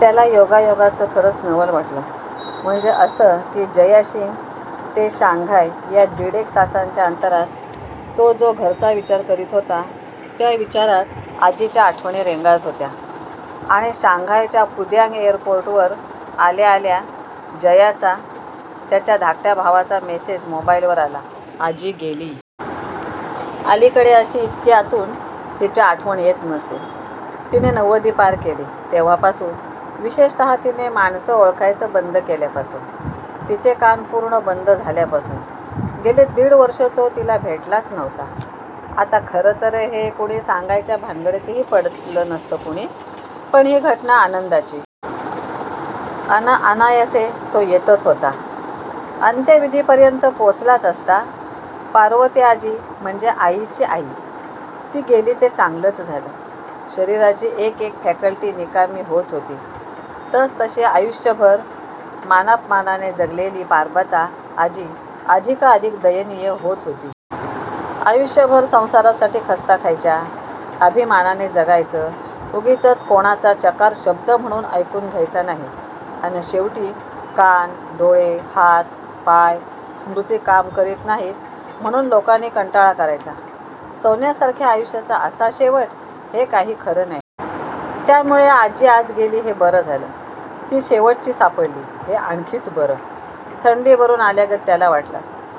त्याला योगायोगाचं खरंच नवल वाटलं. म्हणजे असं की जियाशिंग ते शांघाय या दीडेक तासांच्या अंतरात तो जो घरचा विचार करीत होता, त्या विचारांत आजीच्या आठवणी रेंगाळत होत्या. आणि शांघायच्या पुदाँग एअरपोर्टवर आल्या-आल्या, जयाचा, त्याच्या धाकट्या भावाचा मेसेज मोबाईलवर आला- आजी गेली. अलिकडे अशी, इतकी आतून तिची आठवण येत नसे. तिने नव्वदी पार केली, तेव्हापासून. विशेषत: तिने माणसं ओळखायचं बंद केल्यापासून. तिचे कान पुर्ण बाद झाल्यापासून. गेले दीड वर्षे तो तिला भेटलाच नव्हता. आता खरं तर हे कुणी सांगायच्या भानगडीतही पडलं नसतं कुणी, पण ही घटना आनंदाची! अन अनायासे तो येतच होता. अंत्यविधीपर्यंत पोचलाच असता. पार्वतीआजी म्हणजे आईची आई. ती गेली ते चांगलंच झालं. शरीराची एकेक फॅकल्टी निकामी होत होती, तसतशी आयूष्यभर मानापानाने जगलेली 'पार्बता' आजी अधिकाधिक दयनीय होत होती. आयूष्यभर संसारासाठी खस्ता खायच्या. आभिमानाने जगायचं. उगीचच कोणाचा चकार शब्द म्हणून ऐकून घ्यायचा नाही. अन शेवटी कान, डोळे, हात, पाय, स्मृती काम करीत नाहीत, म्हणून लोकांनी कंटाळा करायचा. सोन्यासारख्या आयूष्याचा असा शेवट, हे काही खरं नाही. त्यामूळे आजी आज गेली, हे बरं झालं. ती 'शेवटची' सापडली, हे आणखीच बरं. थंडी भरून आल्यागत त्याला वाटलं,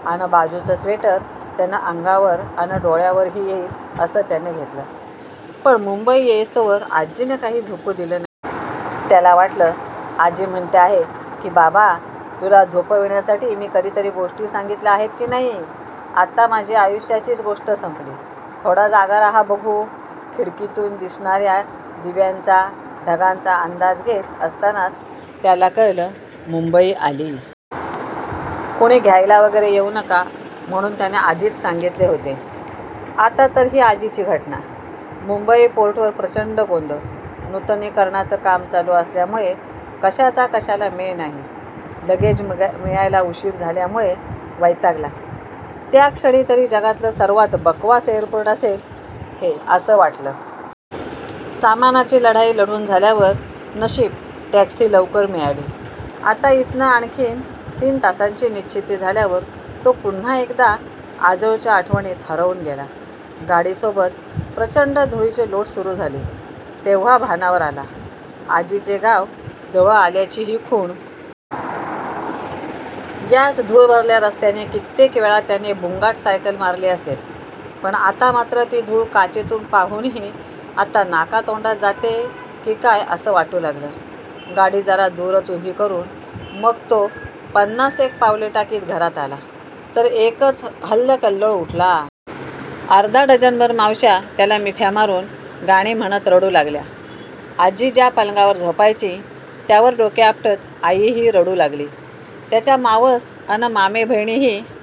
अन बाजूचं स्वेटर त्यानं अंगावर अन डोळ्यांवरही येईल असं त्यानं घेतलं. पण मुंबई येईस्तोवर आज्जीने काही झोपू दिलं नाही. त्याला वाटलं- आजी म्हणते आहे, की बाबा, तुला झोपविण्यासाठी मी कधीतरी गोष्टी सांगितल्या आहेत की नाही? आता माझी आयूष्याचीच गोष्ट संपली. थोडा जागा राहा बघू. खिडकीतून दिसणाया दिव्यांचा, ढगांचा अंदाज घेत असतानाच त्याला कळलं, मुंबई आली. कुणी घ्यायला वगैरे येऊ नका, म्हणून त्याने आधीच सांगितले होते. आता तर ही आजीची घटना. मुंबई पोर्टवर प्रचंड गोंधळ. नुतनीकरणाचं काम चालू असल्यामूळे कशाचा कशाला मेळ नाही. लगेज मिळायला उशीर झाल्यामूळे वैतागला. त्या क्षणी तरी जगातलं सर्वात बकवास एयरपोर्ट असेल हे, असं वाटलं. सामानाची लढाई लढून झाल्यावर नशीब टॅक्सी लवकर मिळाली. आता इथनं आणखी तीन तासांची निश्चिती झाल्यावर तो पुन्हा एकदा आजोळच्या आठवणींत हरवून गेला. गाडीसोबत प्रचंड धुळीचे लोट सुरू झाले, तेव्हा भानावर आला. आजीचे गाव जवळ आल्याची ही खुण. याच धुळभरल्या रस्त्याने कित्येक वेळा त्याने बुंगाट सायकल मारली असेल, पण आता मात्र ती धुळ काचेतून पाहूनही आत्ता नाका-तोंडात जातेय की काय, असं वाटू लागलं. गाडी जरा दुरच उभी करून मग तो पन्नासेक पावले टाकीत घरात आला, तर एकच हलकल्लोळ उठला. अर्धा डझनभर मावश्या त्याला मिठ्या मारून, गाणी म्हणत रडू लागल्या. आजी ज्या पलंगावर झोपायची, त्यावर डोके आपटत आईही रडू लागली. त्याच्या मावस अन मामे बहिणी ही--